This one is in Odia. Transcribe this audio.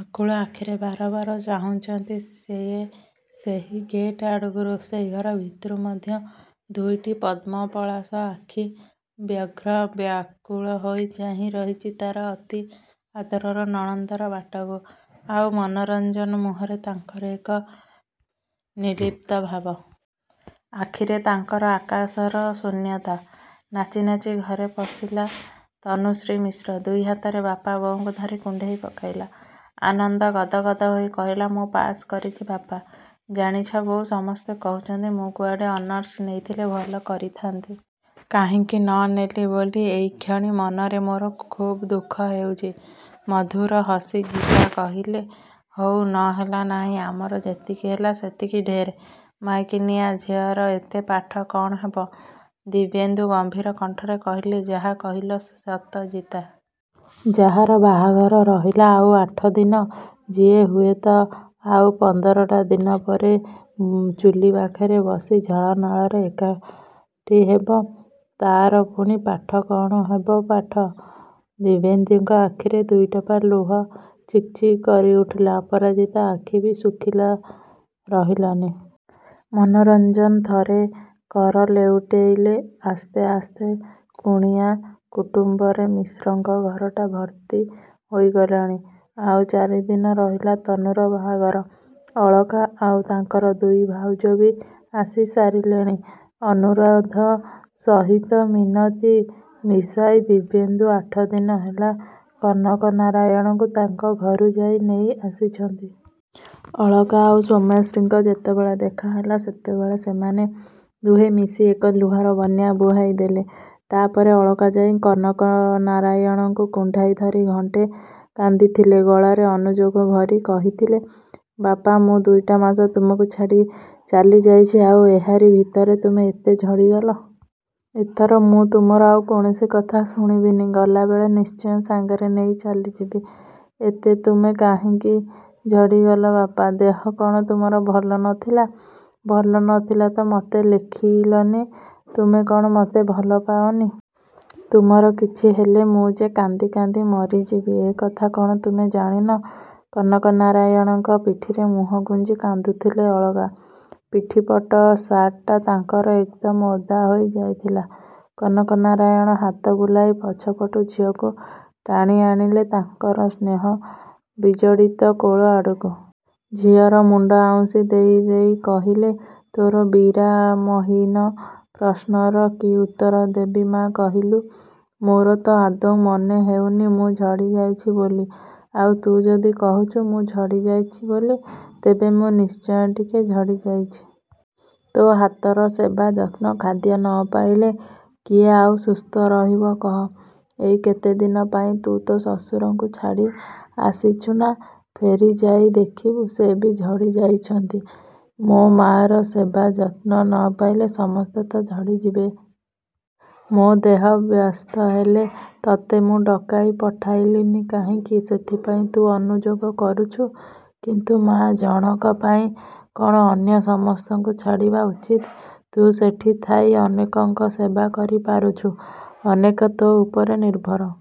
ଆକୁଳ ଆଖିରେ ବାର ବାର ଚାହୁଁଛନ୍ତି ସିଏ ସେହି ଗେଟ୍ ଆଡ଼କୁ। ରୋଷେଇ ଘର ଭିତରୁ ମଧ୍ୟ ଦୁଇଟି ପଦ୍ମପଳାଶ ଆଖି ବ୍ୟଗ୍ର ବ୍ୟାକୁଳ ହୋଇ ଚାହିଁ ରହିଛି ତା'ର ଅତି ଆଦରର ନଣନ୍ଦର ବାଟକୁ। ଆଉ ମନୋରଞ୍ଜନ, ମୁହଁରେ ତାଙ୍କର ଏକ ନିର୍ଲିପ୍ତ ଭାବ। ଆଖିରେ ତାଙ୍କର ଆକାଶର ଶୂନ୍ୟତା। ନାଚି ନାଚି ଘରେ ପଶିଲା ତନୁଶ୍ରୀ ମିଶ୍ର। ଦୁଇ ହାତରେ ବାପା ବୋଉଙ୍କୁ ଧରି କୁଣ୍ଢାଇ ପକାଇଲା। ଆନନ୍ଦ ଗଦ ଗଦ ହୋଇ କହିଲା ମୁଁ ପାସ୍ କରିଛି ବାପା। ଜାଣିଛ ବୋଉ, ସମସ୍ତେ କହୁଛନ୍ତି ମୁଁ କୁଆଡ଼େ ଅନର୍ସ ନେଇଥିଲେ ଭଲ କରିଥାନ୍ତି। କାହିଁକି ନ ନେଲି ବୋଲି ଏଇକ୍ଷଣି ମନରେ ମୋର ଖୁବ୍ ଦୁଃଖ ହେଉଛି। ମଧୁର ହସି ଜିତା କହିଲେ ହଉ, ନ ହେଲା ନାହିଁ। ଆମର ଯେତିକି ହେଲା, ସେତିକି ଢେର୍। ମାଇକିନିଆ ଝିଅର ଏତେ ପାଠ କ'ଣ ହେବ। ଦିବ୍ୟେନ୍ଦୁ ଗମ୍ଭୀର କଣ୍ଠରେ କହିଲେ ଯାହା କହିଲ ସତ ଜିତା। ଯାହାର ବାହାଘର ରହିଲା ଆଉ ଆଠଦିନ, ଯିଏ ହୁଏତ ଆଉ ଆଉ ପନ୍ଦରଟା ଦିନ ପରେ ଚୁଲି ପାଖରେ ବସି ଝାଳ ନାଳରେ ଏକାଠି ହେବ, ତା'ର ପୁଣି ପାଠ, କ'ଣ ହେବ ପାଠ। ଦିବ୍ୟେନ୍ଦୁଙ୍କ ଆଖିରେ ଦୁଇଟୋପା ଲୁହ ଚିକ୍ ଚିକ୍ କରି ଉଠିଲା। ଅପରାଜିତା ଆଖି ବି ଶୁଖିଲା ରହିଲାନି। ମନୋରଞ୍ଜନ ଥରେ କର ଲେଉଟେଇଲେ। ଆସ୍ତେ ଆସ୍ତେ କୁଣିଆ କୁଟୁମ୍ବରେ ମିଶ୍ରଙ୍କ ଘରଟା ଭର୍ତ୍ତି ହୋଇଗଲାଣି। ଆଉ ଚାରିଦିନ ରହିଲା ତନୁର ବାହାଘର। ଅଳକା ଆଉ ତାଙ୍କର ଦୁଇ ଭାଉଜ ବି ଆସି ସାରିଲେଣି। ଅନୁରୋଧ ସହିତ ମିନତି ମିଶାଇ ଦିବ୍ୟେନ୍ଦୁ ଆଠଦିନ ହେଲା କନକ ନାରାୟଣଙ୍କୁ ତାଙ୍କ ଘରୁ ଯାଇ ନେଇ ଆସିଛନ୍ତି। ଅଳକା ଆଉ ମୌମ୍ୟାଶ୍ରୀଙ୍କ ଯେତେବେଳେ ଦେଖାହେଲା, ସେତେବେଳେ ସେମାନେ ଦୁହେଁ ମିଶି ଏକ ଲୁହର ବନ୍ୟା ବୁହାଇ ଦେଲେ। ତା' ପରେ ଅଳକା ଯାଇ କନକନାରାୟଣଙ୍କୁ କୁଣ୍ଢାଇ ଧରି ଘଣ୍ଟେ କାନ୍ଦିଥିଲେ। ଗଳାରେ ଅନୁଯୋଗ ଭରି କହିଥିଲେ, ବାପା! ମୁଁ ଦୁଇଟା ମାସ ତୁମକୁ ଛାଡ଼ି ଚାଲି ଯାଇଛି ଆଉ ଏହାରି ଭିତରେ ତୁମେ ଏତେ ଝଡ଼ି ଗଲ! ଏଥର ମୁଁ ତୁମର ଆଉ କୌଣସି କଥା ଶୁଣିବିନି। ଗଲା ବେଳେ ନିଶ୍ଚୟ ସାଙ୍ଗରେ ନେଇ ଚାଲି ଯିବି। ଏତେ ତୁମେ କାହିଁକି ଝଡ଼ି ଗଲ ବାପା? ଦେହ କ'ଣ ତୁମର ଭଲ ନଥିଲା? ଭଲ ନଥିଲା ତ ମତେ ଲେଖିଲନି? ତୁମେ କ'ଣ ମତେ ଭଲ ପାଅନି? ତୁମର କିଛି ହେଲେ ମୁଁ ଯେ କାନ୍ଦି କାନ୍ଦି ମରିଯିବି ଏ କଥା କ'ଣ ତୁମେ ଜାଣିନ? କନକନାରାୟଣଙ୍କ ପିଠିରେ ମୁହଁ ଗୁଞ୍ଜି କାନ୍ଦୁଥିଲେ ଅଳକା। ପିଠିପଟ ସାର୍ଟଟା ତାଙ୍କର ଏକଦମ୍ ଓଦା ହୋଇ ଯାଇଥିଲା। କନକନାରାୟଣ ହାତ ବୁଲାଇ ପଛପଟୁ ଝିଅକୁ ଟାଣି ଆଣିଲେ ତାଙ୍କର ସ୍ନେହ ବିଜଡ଼ିତ କୋଳ ଆଡ଼କୁ। ଝିଅର ମୁଣ୍ଡ ଆଉଁସି ଦେଇ ଦେଇ କହିଲେ, ତୋର ବିରାମହୀନ ପ୍ରଶ୍ନର କି ଉତ୍ତର ଦେବି ମା' କହିଲୁ? ମୋର ତ ଆଦୌ ମନେ ହେଉନି ମୁଁ ଝଡ଼ି ଯାଇଛି ବୋଲି। ଆଉ ତୁ ଯଦି କହୁଛୁ ମୁଁ ଝଡ଼ି ଯାଇଛି ବୋଲି, ତେବେ ମୁଁ ନିଶ୍ଚୟ ଟିକେ ଝଡ଼ି ଯାଇଛି। ତୋ ହାତର ସେବା, ଯତ୍ନ, ଖାଦ୍ୟ ନ ପାଇଲେ କିଏ ଆଉ ସୁସ୍ଥ ରହିବ କହ? ଏଇ କେତେଦିନ ପାଇଁ ତୁ ତୋ ଶ୍ୱଶୁରଙ୍କୁ ଛାଡ଼ି ଆସିଛୁ ନା? ଫେରି ଯାଇ ଦେଖିବୁ ସେ ବି ଝଡ଼ି ଯାଇଛନ୍ତି। ମୋ ମାଆର ସେବା ଯତ୍ନ ନ ପାଇଲେ ସମସ୍ତେ ତ ଝଡ଼ି ଯିବେ। ମୋ ଦେହ ବ୍ୟସ୍ତ ହେଲେ ତତେ ମୁଁ ଡକାଇ ପଠାଇଲିନି କାହିଁକି ସେଥିପାଇଁ ତୁ ଅନୁଯୋଗ କରୁଛୁ। କିନ୍ତୁ ମାଆ ଜଣକ ପାଇଁ କ'ଣ ଅନ୍ୟ ସମସ୍ତଙ୍କୁ ଛାଡ଼ିବା ଉଚିତ? ତୁ ସେଠି ଥାଇ ଅନେକଙ୍କ ସେବା କରି ପାରୁଛୁ, ଅନେକେ ତୋ ଉପରେ ନିର୍ଭର।